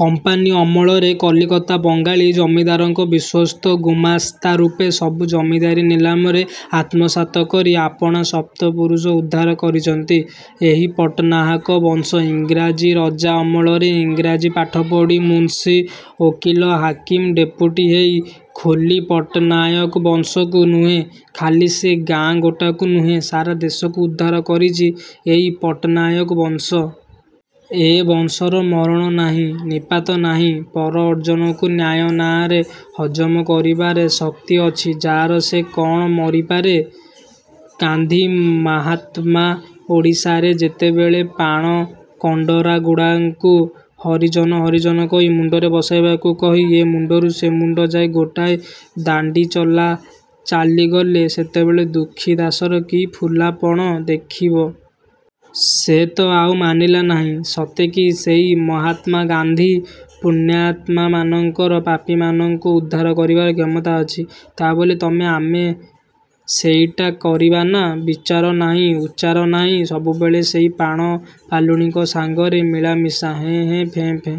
Company ଅମଳରେ କଲିକତା ବଙ୍ଗାଳୀ ଜମିଦାରଙ୍କ ବିଶ୍ୱସ୍ତ ଗୁମାସ୍ତାରୂପେ ସବୁ ଜମିଦାରୀ ନିଲାମରେ ଆତ୍ମସାତ କରି ଆପଣା ସପ୍ତ ପୁରୁଷ ଉଦ୍ଧାର କରିଚନ୍ତି ଏଇ ପଟ୍ଟନାହାକ ବଂଶ। ଇଂରାଜୀ ରଜା ଅମଳରେ ଇଂରାଜୀ ପାଠ ପଢ଼ି ମୁନ୍ସି, ଓକିଲ, ହାକିମ ଡେପୁଟି ହେଇ, ଖୋଲି ପଟ୍ଟନାୟକ ବଂଶକୁ ନୁହେଁ, ଖାଲି ସେ ଗାଁ ଗୋଟାକୁ ନୁହେଁ, ସାରା ଦେଶକୁ ଉଦ୍ଧାର କରିଚି ଏଇ ପଟ୍ଟନାୟକ ବଂଶ। ଏ ବଂଶର ମରଣ ନାହିଁ, ନିପାତ ନାହିଁ, ପର ଅର୍ଜନକୁ ନ୍ୟାୟ ନାଆଁରେ ହଜମ କରିବାରେ ଶକ୍ତି ଅଛି ଯା'ର, ସେ କ'ଣ ମରିପାରେ? ଗାନ୍ଧି ମାହାତ୍ମା ଓଡ଼ିଶାରେ ଯେତେବେଳେ ପାଣ କଣ୍ତରାଗୁଡ଼ାଙ୍କୁ ହରିଜନ ହରିଜନ କହି ମୁଣ୍ଡରେ ବସାଇବାକୁ କହି ଏ ମୁଣ୍ଡରୁ ସେ ମୁଣ୍ଡ ଯାଏଁ ଗୋଟାଏ ଦାଣ୍ଡି ଚଲା ଚାଲି ଗଲେ, ସେତେବେଳେ ଦୁଃଖୀ ଦାଶର କି ଫୁଲାପଣ ଦେଖିବ! ସେ ତ ଆଉ ମାନିଲା ନାହିଁ। ସତେକି ସେଇ ମହାତ୍ମା ଗାନ୍ଧି। ପୁଣ୍ୟାତ୍ମାମାନଙ୍କର ପାପୀମାନଙ୍କୁ ଉଦ୍ଧାର କରିବାର କ୍ଷମତା ଅଛି, ତା' ବୋଲି ତମେ ଆମେ ସେଇଟା କରିବାନା। ବିଚାର ନାହିଁ, ଉଚାର ନାହିଁ, ସବୁବେଳେ ସେଇ ପାଣ ପାଲୁଣୀଙ୍କ ସାଙ୍ଗରେ ମିଳାମିଶା, ହେଁ, ହେଁ, ଫେଁ, ଫେଁ।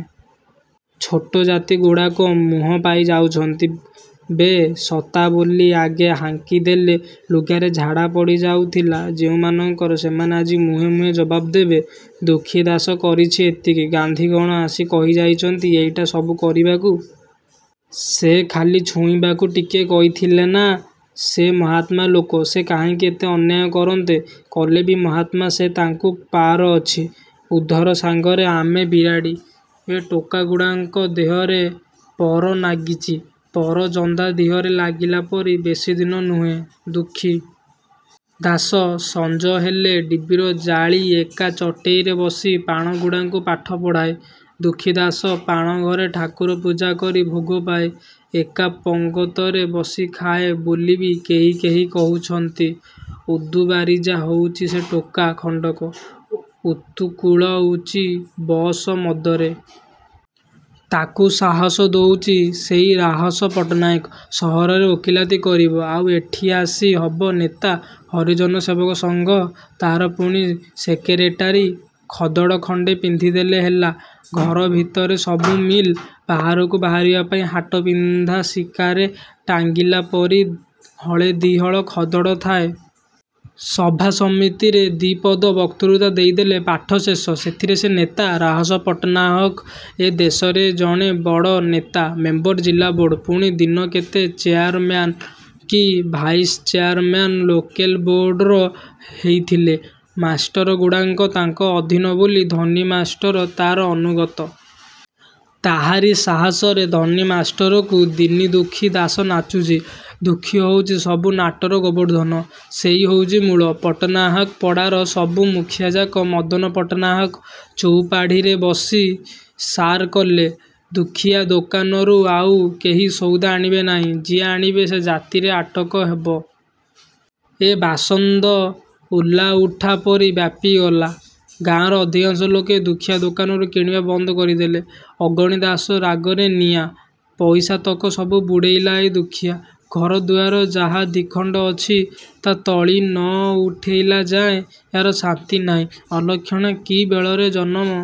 ଛୋଟ ଜାତିଗୁଡ଼ାକ ମୁହଁ ପାଇ ଯାଉଛନ୍ତି। 'ବେ ଶତା' ବୋଲି ଆଗେ ହାଙ୍କି ଦେଲେ ଲୁଗାରେ ଝାଡ଼ା ପଡ଼ି ଯାଉଥିଲା ଯେଉଁମାନଙ୍କର, ସେମାନେ ଆଜି ମୁହେଁ ମୁହେଁ ଜବାବ ଦେବେ। ଦୁଃଖୀ ଦାଶ କରିଛି ଏତିକି। ଗାନ୍ଧି କ'ଣ ଆସି କହି ଯାଇଛନ୍ତି ଏଇଟା ସବୁ କରିବାକୁ। ସେ ଖାଲି ଛୁଇଁବାକୁ ଟିକିଏ କହିଥିଲେନା। ସେ ମହାତ୍ମା ଲୋକ, ସେ କାହିଁକି ଏତେ ଅନ୍ୟାୟ କରନ୍ତେ! କଲେବି ମହାତ୍ମା ସେ ତାଙ୍କୁ ପାର ଅଛି। ଉଧର ସାଙ୍ଗରେ ଆମେ ବିରାଡ଼ି! ଏ ଟୋକାଗୁଡ଼ାଙ୍କ ଦିହରେ ପର ନାଗିଚି, ପର, ଜନ୍ଦା ଦିହରେ ଲାଗିଲା ପରି, ବେଶି ଦିନ ନୁହେଁ। ଦୁଃଖୀ ଦାଶ ସଞ୍ଜ ହେଲେ ଡିବିରି ଜାଳି ଏକା ଚଟେଇରେ ବସି ପାଣଗୁଡ଼ାଙ୍କୁ ପାଠ ପଢ଼ାଏ। ଦୁଃଖୀ ଦାଶ ପାଣ ଘରେ ଠାକୁର ପୂଜା କରି ଭୋଗ ପାଏ, ଏକା ପଙ୍ଗତରେ ବସି ଖାଏ ବୋଲିବି କେହି କେହି କହୁଛନ୍ତି। ଉଦୁବାରିଜା ହଉଚି ସେ ଟୋକା ଖଣ୍ଡକ, ଉତୁକୁଳଉଚି ବଅସ ମଦରେ। ତାକୁ ସାହସ ଦଉଚି ସେଇ ରାହସ ପଟ୍ଟନାୟକ। ସହରରେ ଓକିଲାତି କରିବ। ଆଉ ଏଠି ଆସି ହବ ନେତା। ହରିଜନ ସେବକ ସଂଘ, ତା'ର ପୁଣି ସେକେରେଟାରୀ। ଖଦଡ଼ ଖଣ୍ଡେ ପିନ୍ଧିଦେଲେ ହେଲା। ଘର ଭିତରେ ସବୁ ମିଲ୍। ବାହାରକୁ ବାହାରିବା ପାଇଁ ହାଟ ପିନ୍ଧା ଶିକାରେ ଟାଙ୍ଗିଲା ପରି ହଳେ ଦି'ହଳ ଖଦଡ଼ ଥାଏ। ସଭା ସମିତିରେ ଦିପଦ ବକ୍ତୃତା ଦେଇଦେଲେ ପାଠ ଶେଷ। ସେଥିରେ ସେ ନେତା। ରାହସ ପଟ୍ଟନାହକ ଏ ଦେଶରେ ଜଣେ ବଡ଼ ନେତା। ମେମ୍ବର ଜିଲାବୋର୍ଡ଼, ପୁଣି ଦିନ କେତେ ଚେଆରମ୍ୟାନ କି ଭାଇସଚେଆରମ୍ୟାନ ଲୋକେଲ ବୋର୍ଡ଼ର ହେଇଥିଲେ। ମାଷ୍ଟରଗୁଡ଼ାଙ୍କ ତାଙ୍କ ଅଧୀନ ବୋଲି ଧନୀ ମାଷ୍ଟର ତା'ର ଅନୁଗତ। ତାହାରି ସାହସରେ ଧନୀ ମାଷ୍ଟରକୁ ଦିନି ଦୁଃଖୀ ଦାଶ ନାଚୁଛି। ଦୁଃଖୀ ହଉଚି ସବୁ ନାଟର ଗୋବର୍ଦ୍ଧନ। ସେଇ ହଉଚି ମୂଳ। ପଟ୍ଟନାହାକ ପଡ଼ାର ସବୁ ମୁଖିଆଯାକ ମଦନ ପଟ୍ଟନାହାକ ଚଉପାଢ଼ିରେ ବସି ସାର କଲେ, ଦୁଃଖୀଆ ଦୋକାନରୁ ଆଉ କେହି ସଉଦା ଆଣିବେ ନାହିଁ। ଯିଏ ଆଣିବେ ସେ ଜାତିରେ ଆଟକ ହବ। ଏ ବାସନ୍ଦ ଉଲାଉଠା ପରି ବ୍ୟାପିଗଲା। ଗାଁର ଅଧିକାଂଶ ଲୋକ ଦୁଃଖୀଆ ଦୋକାନରୁ କିଣିବା ବନ୍ଦ କରିଦେଲେ। ଅଗଣି ଦାଶ ରାଗରେ ନିଆଁ। ପଇସାତକ ସବୁ ବୁଡ଼େଇଲା ଏ ଦୁଃଖୀଆ। ଘରଦୁଆର ଯାହା ଦିଖଣ୍ଡ ଅଛି ତା' ତଳି ନ ଉଠେଇଲା ଯାଏଁ ୟାର ଶାନ୍ତି ନାହିଁ। ଅଲକ୍ଷଣା କି ବେଳରେ ଜନମ।